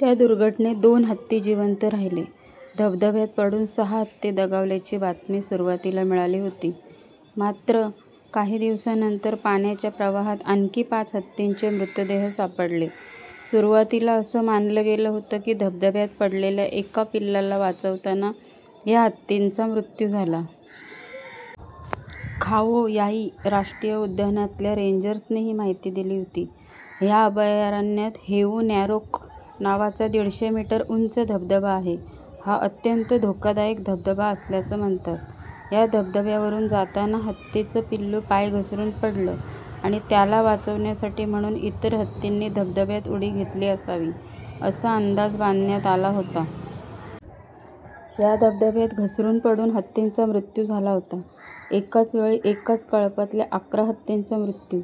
त्या दुर्घटनेत दोन हत्ती जिवंत राहिले. धबधब्यात पडून सहा हत्ती दगावल्याची बातमी सुरुवातीला मिळाली होती. मात्र, काही दिवसांनंतर पाण्याच्या प्रवाहात आणखी पाच हत्तींचे मृतदेह सापडले. सुरुवातीला असं मानलं गेलं होतं की धबधब्यात पडलेल्या एका पिल्लाला वाचवताना या हत्तींचा मृत्यू झाला. खाओ याई राष्ट्रीय उद्यानातल्या रेंजर्सने ही माहिती दिली होती. या अभयारण्यात हेऊ नॅरोक नावाचा दीडशे मीटर उंच धबधबा आहे. हा अत्यंत धोकादायक धबधबा असल्याचं म्हणतात. या धबधब्यावरून जाताना हत्तीचं पिल्लू पाय घसरून पडलं आणि त्याला वाचवण्यासाठी म्हणून इतर हत्तींनी धबधब्यात उडी घेतली असावी, असा अंदाज बांधण्यात आला होता. या धबधब्यात घसरून पडून हत्तींचा मृत्यू झाला होता. एकाच वेळी एकाच कळपातल्या अकरा हत्तींचा मृत्यू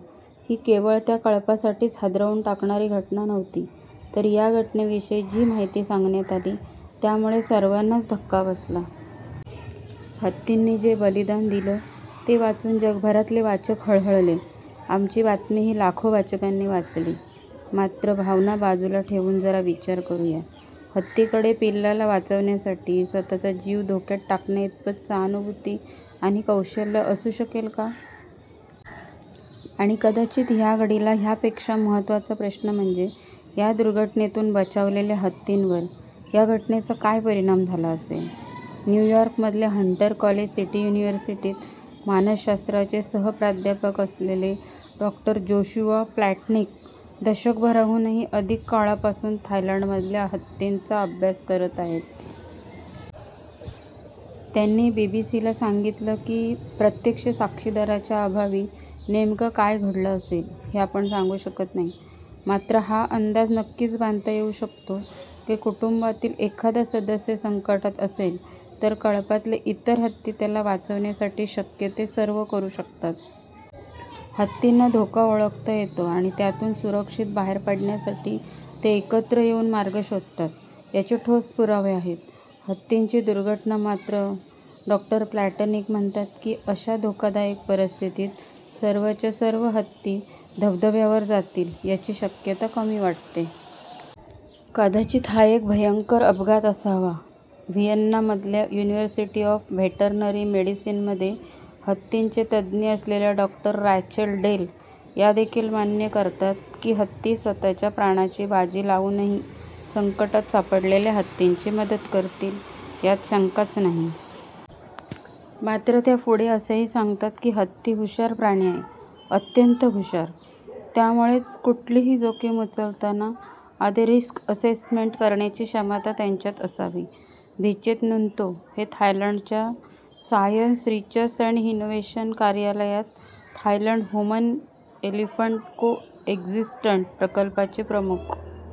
ही केवळ त्या कळपासाठीच हादरवून टाकणारी घटना नव्हती. तर या घटनेविषयी जी माहिती सांगण्यात आली, त्यामुळे सर्वांनाच धक्का बसला. हत्तींनी जे बलिदान दिलं, ते वाचून जगभरातले वाचक हळहळले. आमची बातमीही लाखो वाचकांनी वाचली. मात्र, भावना बाजूला ठेवून जरा विचार करूया. हत्तींकडे पिल्लाला वाचवण्यासाठी स्वतःचा जीव धोक्यात टाकण्याइतपत सहानुभूती आणि कौशल्य असू शकेल का? आणि कदाचित या घडीला यापेक्षा महत्त्वाचा प्रश्न म्हणजे या दुर्घटनेतून बचावलेल्या हत्तींवर या घटनेचा काय परिणाम झाला असेल? न्यूयॉर्कमधल्या हंटर कॉलेज सिटी युनिवर्सिटीत मानसशास्त्राचे सहप्राध्यापक असलेले डॉ. जोशुआ प्लॉटनिक दशकभराहूनही अधिक काळापासून थायलंडमधल्या हत्तींचा अभ्यास करत आहेत. त्यांनी बीबीसीला सांगितलं की, प्रत्यक्ष साक्षीदाराच्या अभावी नेमकं काय घडलं असेल, हे आपण सांगू शकत नाही. मात्र, हा अंदाज नक्कीच बांधता येऊ शकतो की कुटुंबातला एखादा सदस्य संकटात असेल तर कळपातले इतर हत्ती त्याला वाचवण्यासाठी शक्य ते सर्व करू शकतात. हत्तींना धोका ओळखता येतो आणि त्यातून सुरक्षित बाहेर पडण्यासाठी ते एकत्र येऊन मार्ग शोधतात, याचे ठोस पुरावे आहेत. हत्तींची दुर्घटना मात्र, डॉ. प्लॉटनिक म्हणतात की अशा धोकादायक परिस्थितीत सर्वच्या सर्व हत्ती धबधब्यावर जातील, याची शक्यता कमी वाटते. कदाचित हा एक भयंकर अपघात असावा. विएन्नामधल्या युनिवर्सिटी ऑफ व्हेटर्नरी मेडिसीनमध्ये हत्तींचे तज्ज्ञ असलेल्या डॉ. रॅचेल डेल यादेखील मान्य करतात की हत्ती स्वतःच्या प्राणांची बाजी लावूनही संकटात सापडलेल्या हत्तीची मदत करतील, यात शंकाच नाही. मात्र, त्या पुढे असंही सांगतात की, हत्ती हुशार प्राणी आहे, अत्यंत हुशार. त्यामुळेच कुठलीही जोखीम उचलताना आधी रिस्क असेसमेंट करण्याची क्षमता त्यांच्यात असावी. भिचेत नूंतो हे थायलंडच्या सायन्स रिसर्च अँड इनोव्हेशन कार्यालयात थायलंड ह्युमन एलिफंट कोएक्झिस्टंट प्रकल्पाचे प्रमुख